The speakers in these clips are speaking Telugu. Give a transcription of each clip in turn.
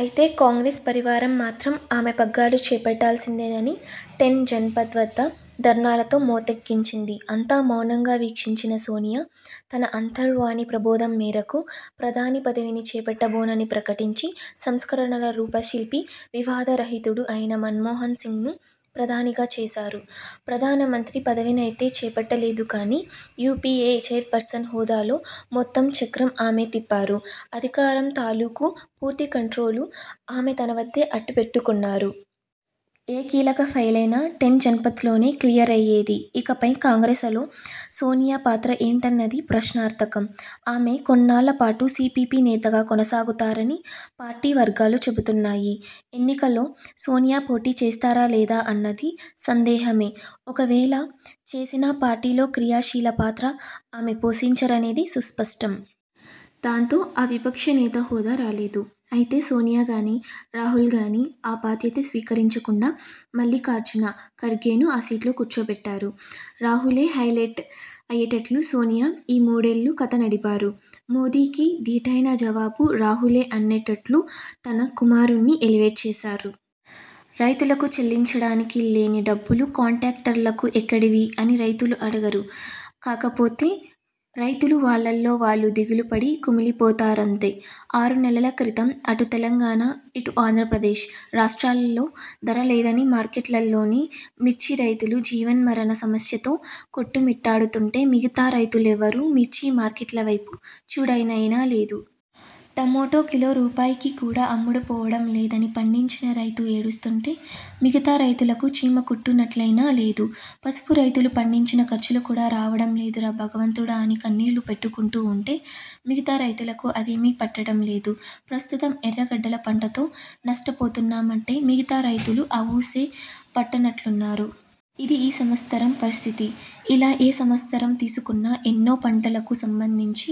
అయితే కాంగ్రెస్ పరివారం మాత్రం ఆమె పగ్గాలు చేపట్టాల్సిందేనని టెన్ జన్పథ్ వద్ద ధర్నాలతో మోతెక్కించింది. అంతా మౌనంగా వీక్షించిన సోనియా- తన అంతర్వాణి ప్రబోధం మేరకు- ప్రధాని పదవిని చేపట్టబోనని ప్రకటించి -సంస్కరణల రూపశిల్పి, వివాద రహితుడు అయిన మన్మోహన్సింగ్ను ప్రధానిగా చేశారు. ప్రధానమంత్రి పదవినైతే చేపట్టలేదు గానీ- యూపీఏ ఛైర్ పర్సన్ హోదాలో మొత్తం చక్రం ఆమే తిప్పారు అధికారం తాలూకు పూర్తి కంట్రోలు ఆమె తన వద్దే అట్టిపెట్టుకున్నారు. ఏ కీలక ఫైలైనా టెన్ జన్పథ్లోనే క్లియరయ్యేది. ఇకపై కాంగ్రె్సలో సోనియా పాత్ర ఏంటన్నది ప్రశ్నార్థకం. ఆమె కొన్నాళ్ళ పాటు సీపీపీ నేతగా కొనసాగుతారని పార్టీ వర్గాలు చెబుతున్నాయి. ఎన్నికల్లో సోనియా పోటీ చేస్తారా లేదా అన్నది సందేహమే. ఒకవేళ చేసినా పార్టీలో క్రియాశీల పాత్ర ఆమె పోషించరనేది సుస్పష్టం. దాంతో ఆ విపక్షనేత హోదా రాలేదు. అయితే సోనియా గానీ, రాహుల్గానీ ఆ బాధ్యత స్వీకరించకుండా మల్లిఖార్జున ఖర్గేను ఆ సీట్లో కూర్చోపెట్టారు. రాహులే హైలైట్ అయ్యేట్లుగా సోనియా- ఈ మూడేళ్ళూ కథ నడిపారు. మోదీకి దీటైన జవాబు రాహులే అనేట్లుగా తన కుమారుణ్ణి ఎలివేట్ చేశారు. రైతులకు చెల్లించడానికి లేని డబ్బులు కాంట్రాక్టర్లకు ఎక్కడివి అని రైతులు అడగరు. కాకపోతే రైతులు వాళ్ళలో వాళ్ళు దిగులుపడి కుమిలిపోతారంతే. ఆరు నెలల క్రితం అటు తెలంగాణ ఇటు ఆంధ్ర ప్రదేశ్ రాష్ట్రాల్లో ధర లేదని మార్కెట్లలోనే మిర్చి రైతులు జీవన్మరణ సమస్యతో కొట్టుమిట్టాడుతుంటే, మిగతా రైతులెవరూ మిర్చి మార్కెట్ల వైపు చూడనయినా లేదు. టమాటో కిలో రూపాయికి కూడా అమ్ముడుపోవడం లేదని పండించిన రైతు ఏడుస్తుంటే మిగతా రైతులకు చీమకుట్టినట్లయినా లేదు. పసుపురైతులు పండించిన ఖర్చులు కూడా రావడం లేదురా భగవంతుడా అని కన్నీళ్లు పెట్టుకుంటూ ఉంటే మిగతా రైతులకు అదేమీ పట్టడం లేదు. ప్రస్తుతం ఎర్రగడ్డల పంటతో నష్టపోతున్నామంటే మిగతా రైతులు ఆ ఊసే పట్టనట్లున్నారు. ఇది ఈ సంవత్సరం పరిస్థితి. ఇలా ఏ సంవత్సరం తీసుకున్నా, ఎన్నో పంటలకు సంబందించి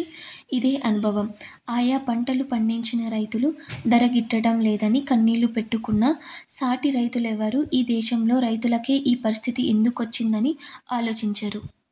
ఇదే అనుభవం. ఆయా పంటలు పండించిన రైతులు ధర గిట్టడం లేదని కన్నీళ్లు పెట్టుకున్నా, సాటి రైతులెవరూ ఈ దేశంలో రైతులకే ఈ పరిస్థితి ఎందుకొచ్చిందని ఆలోచించరు.